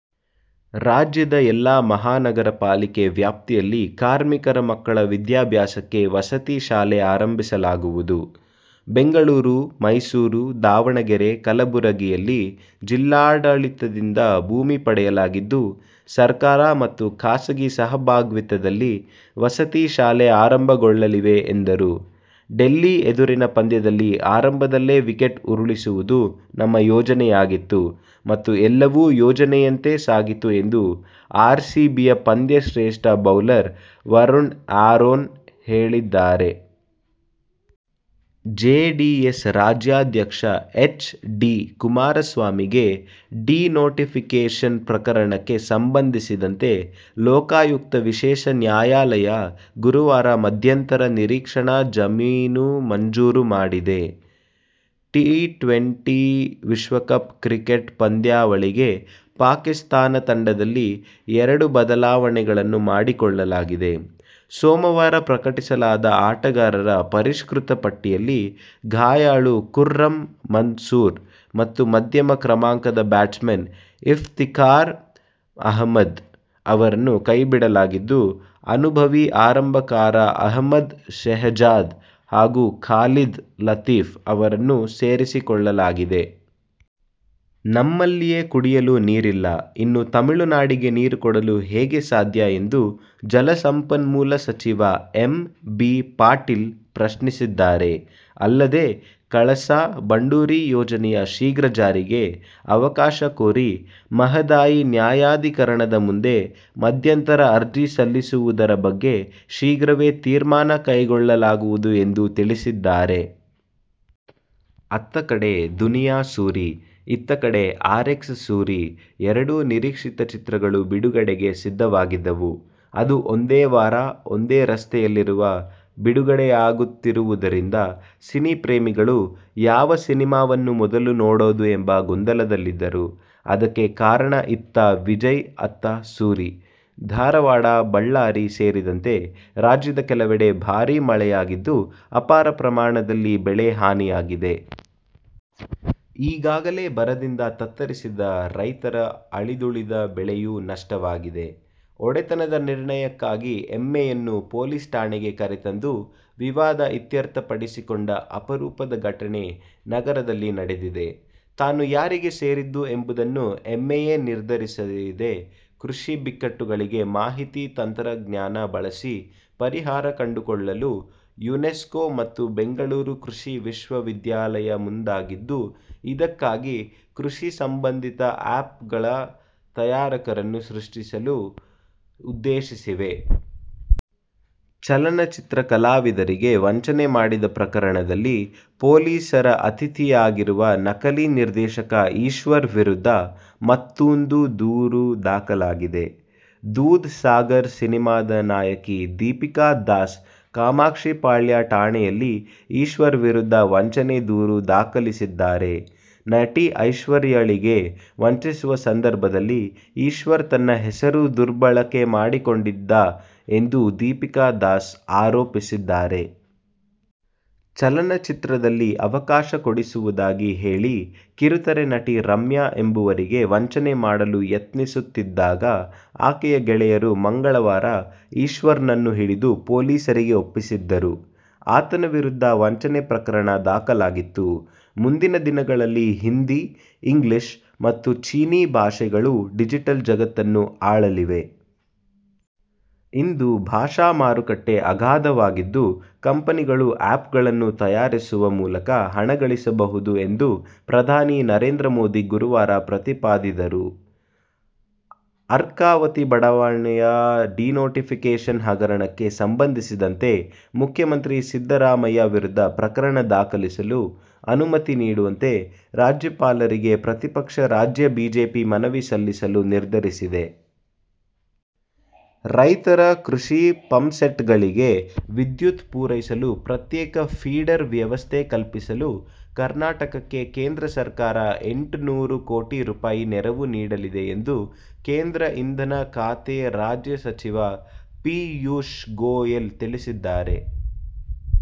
ರಾಜ್ಯದ ಎಲ್ಲ ಮಹಾನಗರ ಪಾಲಿಕೆ ವ್ಯಾಪ್ತಿಯಲ್ಲಿ ಕಾರ್ಮಿಕರ ಮಕ್ಕಳ ವಿದ್ಯಾಭ್ಯಾಸಕ್ಕೆ ವಸತಿ ಶಾಲೆ ಆರಂಭಿಸಲಾಗುವುದು. ಬೆಂಗಳೂರು, ಮೈಸೂರು, ದಾವಣಗೆರೆ, ಕಲಬುರಗಿಯಲ್ಲಿ ಜಿಲ್ಲಾಡಳಿತದಿಂದ ಭೂಮಿ ಪಡೆಯಲಾಗಿದ್ದು, ಸರ್ಕಾರ ಮತ್ತು ಖಾಸಗಿ ಸಹಭಾಗಿತ್ವದಲ್ಲಿ ವಸತಿ ಶಾಲೆ ಆರಂಭಗೊಳ್ಳಲಿವೆ ಎಂದರು. ಡೆಲ್ಲಿ ಎದುರಿನ ಪಂದ್ಯದಲ್ಲಿ ಆರಂಭದಲ್ಲೇ ವಿಕೆಟ್ ಉರುಳಿಸುವುದು ನಮ್ಮ ಯೋಜನೆಯಾಗಿತ್ತು, ಮತ್ತು ಎಲ್ಲವೂ ಯೋಜನೆಯಂತೆ ಸಾಗಿತು ಎಂದು ಆರ್ಸಿಬಿಯ ಪಂದ್ಯಶ್ರೇಷ್ಠ ಬೌಲರ್ ವರುಣ್ ಆರೋನ್ ಹೇಳಿದ್ದಾರೆ. ಜೆಡಿಎಸ್ ರಾಜ್ಯಾಧ್ಯಕ್ಷ ಎಚ್. ಡಿ. ಕುಮಾರಸ್ವಾಮಿಗೆ ಡಿನೋಟಿಫಿಕೇಶನ್ ಪ್ರಕರಣಕ್ಕೆ ಸಂಬಂಧಿಸಿದಂತೆ ಲೋಕಾಯುಕ್ತ ವಿಶೇಷ ನ್ಯಾಯಾಲಯ ಗುರುವಾರ ಮಧ್ಯಂತರ ನಿರೀಕ್ಷಣಾ ಜಾಮೀನು ಮಂಜೂರು ಮಾಡಿದೆ. ಟಿ-ಟ್ವೆಂಟಿ ವಿಶ್ವಕಪ್ ಕ್ರಿಕೆಟ್ ಪಂದ್ಯಾವಳಿಗೆ ಪಾಕಿಸ್ತಾನ ತಂಡದಲ್ಲಿ ಎರಡುಬದಲಾವಣೆಗಳನ್ನು ಮಾಡಿಕೊಳ್ಳಲಾಗಿದೆ. ಸೋಮವಾರ ಪ್ರಕಟಿಸಲಾದ ಆಟಗಾರರ ಪರಿಷ್ಕೃತ ಪಟ್ಟಿಯಲ್ಲಿ ಗಾಯಾಳು ಖುರ್ರಂ ಮನ್ಸೂರ್ ಮತ್ತು ಮಧ್ಯಮ ಕ್ರಮಾಂಕದ ಬ್ಯಾಟ್ಸ್ಮನ್ ಇಫ್ತಿಕಾರ್ ಅಹ್ಮದ್ ಅವರನ್ನು ಕೈಬಿಡಲಾಗಿದ್ದು, ಅನುಭವಿ ಆರಂಭಕಾರ ಅಹ್ಮದ್ ಶೆಹಜಾದ್ ಹಾಗೂ ಖಾಲಿದ್ ಲತೀಫ್ ಅವರನ್ನು ಸೇರಿಸಿಕೊಳ್ಳಲಾಗಿದೆ. ನಮ್ಮಲ್ಲಿಯೇ ಕುಡಿಯಲು ನೀರಿಲ್ಲ. ಇನ್ನು ತಮಿಳುನಾಡಿಗೆ ನೀರು ಕೊಡಲು ಹೇಗೆ ಸಾಧ್ಯ ಎಂದು ಜಲ ಸಂಪನ್ಮೂಲ ಸಚಿವ ಎಂ. ಬಿ. ಪಾಟೀಲ್ ಪ್ರಶ್ನಿಸಿದ್ದಾರೆ. ಅಲ್ಲದೆ, ಕಳಸಾ ಬಂಡೂರಿ ಯೋಜನೆಯ ಶೀಘ್ರ ಜಾರಿಗೆ ಅವಕಾಶ ಕೋರಿ ಮಹದಾಯಿ ನ್ಯಾಯಾಧಿಕರಣದ ಮುಂದೆ ಮಧ್ಯಂತರ ಅರ್ಜಿ ಸಲ್ಲಿಸುವು ದರ ಬಗ್ಗೆ ಶೀಘ್ರವೇ ತೀರ್ಮಾನ ಕೈಗೊಳ್ಳಲಾಗುವುದು ಎಂದು ತಿಳಿಸಿದ್ದಾರೆ. ಅತ್ತ ಕಡೆ ದುನಿಯಾ ಸೂರಿ, ಇತ್ತ ಕಡೆ ಆರ್ಎಕ್ಸ್ ಸೂರಿ ಎರಡೂ ನಿರೀಕ್ಷಿತ ಚಿತ್ರಗಳು ಬಿಡುಗಡೆಗೆ ಸಿದ್ಧವಾಗಿದ್ದವು. ಅದು ಒಂದೇ ವಾರ, ಒಂದೇ ರಸ್ತೆಯಲ್ಲಿರುವ ಬಿಡುಗಡೆಯಾಗುತ್ತಿರುವುದರಿಂದ ಸಿನಿಪ್ರೇಮಿಗಳು ಯಾವ ಸಿನಿಮಾವನ್ನು ಮೊದಲು ನೋಡೋದು ಎಂಬ ಗೊಂದಲದಲ್ಲಿದ್ದರು. ಅದಕ್ಕೆ ಕಾರಣ ಇತ್ತ ವಿಜಯ್ ಅತ್ತ ಸೂರಿ. ಧಾರವಾಡ, ಬಳ್ಳಾರಿ ಸೇರಿದಂತೆ ರಾಜ್ಯದ ಕೆಲವೆಡೆ ಭಾರಿ ಮಳೆಯಾಗಿದ್ದು, ಅಪಾರ ಪ್ರಮಾಣದಲ್ಲಿ ಬೆಳೆ ಹಾನಿಯಾಗಿದೆ. ಈಗಾಗಲೇ ಬರದಿಂದ ತತ್ತರಿಸಿದ್ದ ರೈತರ ಅಳಿದುಳಿದ ಬೆಳೆಯೂ ನಷ್ಟವಾಗಿದೆ. ಒಡೆತನದ ನಿರ್ಣಯಕ್ಕಾಗಿ ಎಮ್ಮೆಯನ್ನು ಪೊಲೀಸ್ ಠಾಣೆಗೆ ಕರೆತಂದು ವಿವಾದ ಇತ್ಯರ್ಥಪಡಿಸಿಕೊಂಡ ಅಪರೂಪದ ಘಟನೆ ನಗರದಲ್ಲಿ ನಡೆದಿದೆ. ತಾನು ಯಾರಿಗೆ ಸೇರಿದ್ದು ಎಂಬುದನ್ನು ಎಮ್ಮೆಯೇ ನಿರ್ಧರಿಸಿದೆ ಕೃಷಿ ಬಿಕ್ಕಟ್ಟುಗಳಿಗೆ ಮಾಹಿತಿ ತಂತ್ರಜ್ಞಾನ ಬಳಸಿ ಪರಿಹಾರ ಕಂಡುಕೊಳ್ಳಲು ಯುನೆಸ್ಕೊ ಮತ್ತು ಬೆಂಗಳೂರು ಕೃಷಿ ವಿಶ್ವವಿದ್ಯಾಲಯ ಮುಂದಾಗಿದ್ದು, ಇದಕ್ಕಾಗಿ ಕೃಷಿ ಸಂಬಂಧಿತ ಆ್ಯಪ್ಗ್ಳ ತಯಾರಕರನ್ನು ಸೃಷ್ಟಿಸಲು ಉದ್ದೇಶಿಸಿವೆ. ಚಲನಚಿತ್ರ ಕಲಾವಿದರಿಗೆ ವಂಚನೆ ಮಾಡಿದ ಪ್ರಕರಣದಲ್ಲಿ ಪೊಲೀಸರ ಅತಿಥಿಯಾಗಿರುವ ನಕಲಿ ನಿರ್ದೇಶಕ ಈಶ್ವರ್ ವಿರುದ್ಧ ಮತ್ತೂಂದು ದೂರು ದಾಖಲಾಗಿದೆ. ದೂದ್ ಸಾಗರ್ ಸಿನಿಮಾದ ನಾಯಕಿ ದೀಪಿಕಾ ದಾಸ್ ಕಾಮಾಕ್ಷಿಪಾಳ್ಯ ಠಾಣೆಯಲ್ಲಿ ಈಶ್ವರ್ ವಿರುದ್ಧ ವಂಚನೆ ದೂರು ದಾಖಲಿಸಿದ್ದಾರೆ. ನಟಿ ಐಶ್ವರ್ಯಳಿಗೆ ವಂಚಿಸುವ ಸಂದರ್ಭದಲ್ಲಿ ಈಶ್ವರ್ ತನ್ನ ಹೆಸರು ದುರ್ಬಳಕೆ ಮಾಡಿಕೊಂಡಿದ್ದ ಎಂದು ದೀಪಿಕಾ ದಾಸ್ ಆರೋಪಿಸಿದ್ದಾರೆ. ಚಲನಚಿತ್ರದಲ್ಲಿ ಅವಕಾಶ ಕೊಡಿಸುವುದಾಗಿ ಹೇಳಿ ಕಿರುತೆರೆ ನಟಿ ರಮ್ಯಾ ಎಂಬುವರಿಗೆ ವಂಚನೆ ಮಾಡಲು ಯತ್ನಿಸುತ್ತಿದ್ದಾಗ ಆಕೆಯ ಗೆಳೆಯರು ಮಂಗಳವಾರ ಈಶ್ವರ್ನನ್ನು ಹಿಡಿದು ಪೊಲೀಸರಿಗೆ ಒಪ್ಪಿಸಿದ್ದರು. ಆತನ ವಿರುದ್ಧ ವಂಚನೆ ಪ್ರಕರಣ ದಾಖಲಾಗಿತ್ತು. ಮುಂದಿನ ದಿನಗಳಲ್ಲಿ ಹಿಂದಿ, ಇಂಗ್ಲಿಷ್ ಮತ್ತು ಚೀನೀ ಭಾಷೆಗಳು ಡಿಜಿಟಲ್ ಜಗತ್ತನ್ನು ಆಳಲಿವೆ. ಇಂದು ಭಾಷಾ ಮಾರುಕಟ್ಟೆ ಅಗಾಧವಾಗಿದ್ದು, ಕಂಪನಿಗಳು ಆ್ಯಪ್ಗ್ಳನ್ನು ತಯಾರಿಸುವ ಮೂಲಕ ಹಣಗಳಿಸಬಹುದು ಎಂದು ಪ್ರಧಾನಿ ನರೇಂದ್ರ ಮೋದಿ ಗುರುವಾರ ಪ್ರತಿಪಾದಿದರು. ಅರ್ಕಾವತಿ ಬಡಾವಣೆಯ ಡಿನೋಟಿಫಿಕೇಶನ್ ಹಗರಣಕ್ಕೆ ಸಂಬಂಧಿಸಿದಂತೆ ಮುಖ್ಯಮಂತ್ರಿ ಸಿದ್ದರಾಮಯ್ಯ ವಿರುದ್ಧ ಪ್ರಕರಣ ದಾಖಲಿಸಲು ಅನುಮತಿ ನೀಡುವಂತೆ ರಾಜ್ಯಪಾಲರಿಗೆ ಪ್ರತಿಪಕ್ಷ ರಾಜ್ಯ ಬಿಜೆಪಿ ಮನವಿ ಸಲ್ಲಿಸಲು ನಿರ್ಧರಿಸಿದೆ. ರೈತರ ಕೃಷಿ ಪಂಪ್ಸೆಟ್ಗಳಿಗೆ ವಿದ್ಯುತ್ ಪೂರೈಸಲು ಪ್ರತ್ಯೇಕ ಫೀಡರ್ ವ್ಯವಸ್ಥೆ ಕಲ್ಪಿಸಲು ಕರ್ನಾಟಕಕ್ಕೆ ಕೇಂದ್ರ ಸರ್ಕಾರ ಎಂಟುನೂರು ಕೋಟಿ ರೂಪಾಯಿ ನೆರವು ನೀಡಲಿದೆ ಎಂದು ಕೇಂದ್ರ ಇಂಧನ ಖಾತೆ ರಾಜ್ಯ ಸಚಿವ ಪೀಯೂಶ್ ಗೋಯೆಲ್ ತಿಳಿಸಿದ್ದಾರೆ.